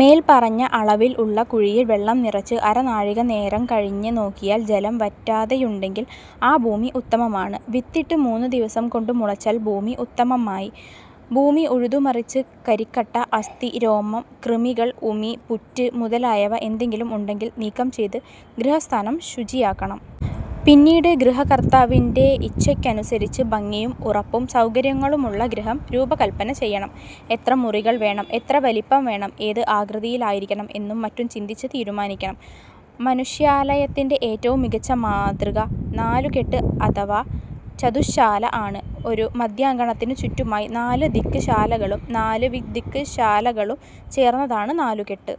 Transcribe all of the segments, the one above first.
മേല്പറഞ്ഞ അളവിൽ ഉള്ള കുഴിയിൽ വെള്ളം നിറച്ച് അരനാഴിക നേരം കഴിഞ്ഞ് നോക്കിയാൽ ജലം വറ്റാതെയുണ്ടെങ്കിൽ ആ ഭൂമി ഉത്തമമാണ്. വിത്തിട്ട് മൂന്നു ദിവസം കൊണ്ട് മുളച്ചാൽ ഭൂമി ഉത്തമമായി. ഭൂമി ഉഴുതു മറിച്ച് കരിക്കട്ട, അസ്ഥി, രോമം, കൃമികൾ, ഉമി, പുറ്റ് മുതലായവ എന്തെങ്കിലും ഉണ്ടെങ്കിൽ നീക്കം ചെയ്ത് ഗൃഹസ്ഥാനം ശുചിയാക്കണം. പിന്നീട് ഗൃഹകർത്താവിന്റെ ഇച്ഛയ്ക്കനുസരിച്ച് ഭംഗിയും ഉറപ്പും സൗകര്യങ്ങളുമുള്ള ഗൃഹം രൂപകല്പന ചെയ്യണം. എത്ര മുറികൾ വേണം, എത്ര വലിപ്പം വേണം, ഏത് ആകൃതിയിലായിരിക്കണം എന്നും മറ്റും ചിന്തിച്ച് തീരുമാനിക്കണം. മനുഷ്യാലയത്തിന്റെ ഏറ്റവും മികച്ച മാതൃക നാലുകെട്ട് അഥവാ ചതുശ്ശാല ആണ്. ഒരു മധ്യാങ്കണത്തിനു ചുറ്റുമായി നാല് ദിക് ശാലകളും നാല് വിദിക് ശാലകളും ചേർന്നതാണ് നാലുകെട്ട്.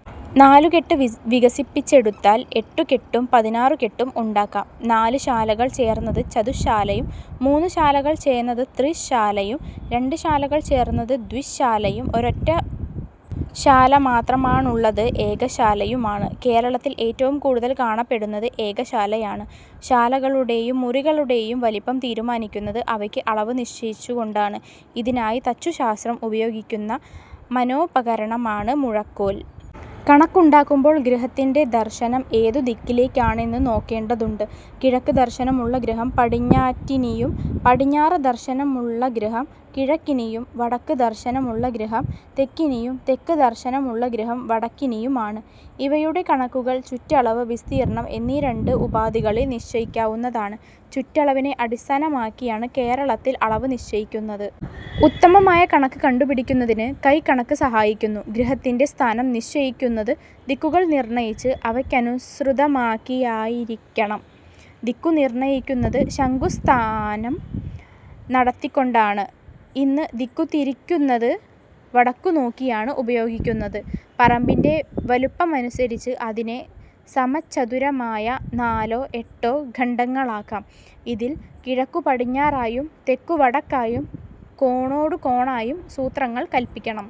നാലുകെട്ട് വികസിപ്പിച്ചെടുത്താൽ എട്ടുകെട്ടും പതിനാറുകെട്ടും ഉണ്ടാക്കാം. നാല് ശാലകൾ ചേർന്നത് ചതുശ്ശാലയും മൂന്ന് ശാലകൾ ചേർന്നത് ത്രിശാലയും രണ്ട് ശാലകൾ ചേർന്നത് ദ്വിശാലയും ഒറ്റശാല മാത്രമുള്ളത് ഏകശാലയുമാണ്. കേരളത്തിൽ ഏറ്റവും കൂടുതൽ കാണപ്പെടുന്നത് ഏകശാലയാണ്. ശാലകളുടേയും മുറികളുടേയും വലിപ്പം തീരുമാനിക്കുന്നത് അവയ്ക്ക് അളവ് നിശ്ചയിച്ചുകൊണ്ടാണ്. ഇതിനായി തച്ചുശാസ്ത്രം ഉപയോഗിക്കുന്ന മനോപകരണമാണ് മുഴക്കോൽ. കണക്കുണ്ടാക്കുമ്പോൾ ഗൃഹത്തിന്റെ ദർശനം ഏതു ദിക്കിലേക്കാണെന്ന് നോക്കേണ്ടതുണ്ട്. കിഴക്ക് ദർശനമുള്ള ഗൃഹം പടിഞ്ഞാറ്റിനിയും പടിഞ്ഞാറ് ദർശനമുള്ള ഗൃഹം കിഴക്കിനിയും വടക്ക് ദർശനമുള്ള ഗൃഹം തെക്കിനിയും തെക്ക് ദർശനമുള്ള ഗൃഹം വടക്കിനിയും ആണ്. ഇവയുടെ കണക്കുകൾ ചുറ്റളവ്, വിസ്തീർണം എന്നീ രണ്ട് ഉപാധികളിൽ നിശ്ചയിക്കാവുന്നതാണ്. ചുറ്റളവിനെ അടിസ്ഥാനമാക്കിയാണ് കേരളത്തിൽ അളവ് നിശ്ചയിക്കുന്നത്. ഉത്തമമായ കണക്ക് കണ്ടുപിടിക്കുന്നതിന് കൈക്കണക്ക് സഹായിക്കുന്നു. ഗൃഹത്തിന്റെ സ്ഥാനം നിശ്ചയിക്കുന്നത് ദിക്കുകൾ നിർണയിച്ച് അവയ്ക്കനുസൃതമാക്കിയായിരിക്കണം. ദിക്കു നിർണയിക്കുന്നത് ശങ്കുസ്ഥാപനം നടത്തിക്കൊണ്ടാണ്. ഇന്ന് ദിക്കു തിരിക്കുന്നതിന് വടക്കുനോക്കി യാണ് ഉപയോഗിക്കുന്നത്. പറമ്പിന്റെ വലിപ്പമനുസരിച്ച് അതിനെ സമചതുരമായ നാലോ എട്ടോ ഖണ്ഡങ്ങളാക്കാം. ഇതിൽ കിഴക്കു പടിഞ്ഞാറായും തെക്കുവടക്കായും കോണോടു കോണായും സൂത്രങ്ങൾ കല്പിക്കണം.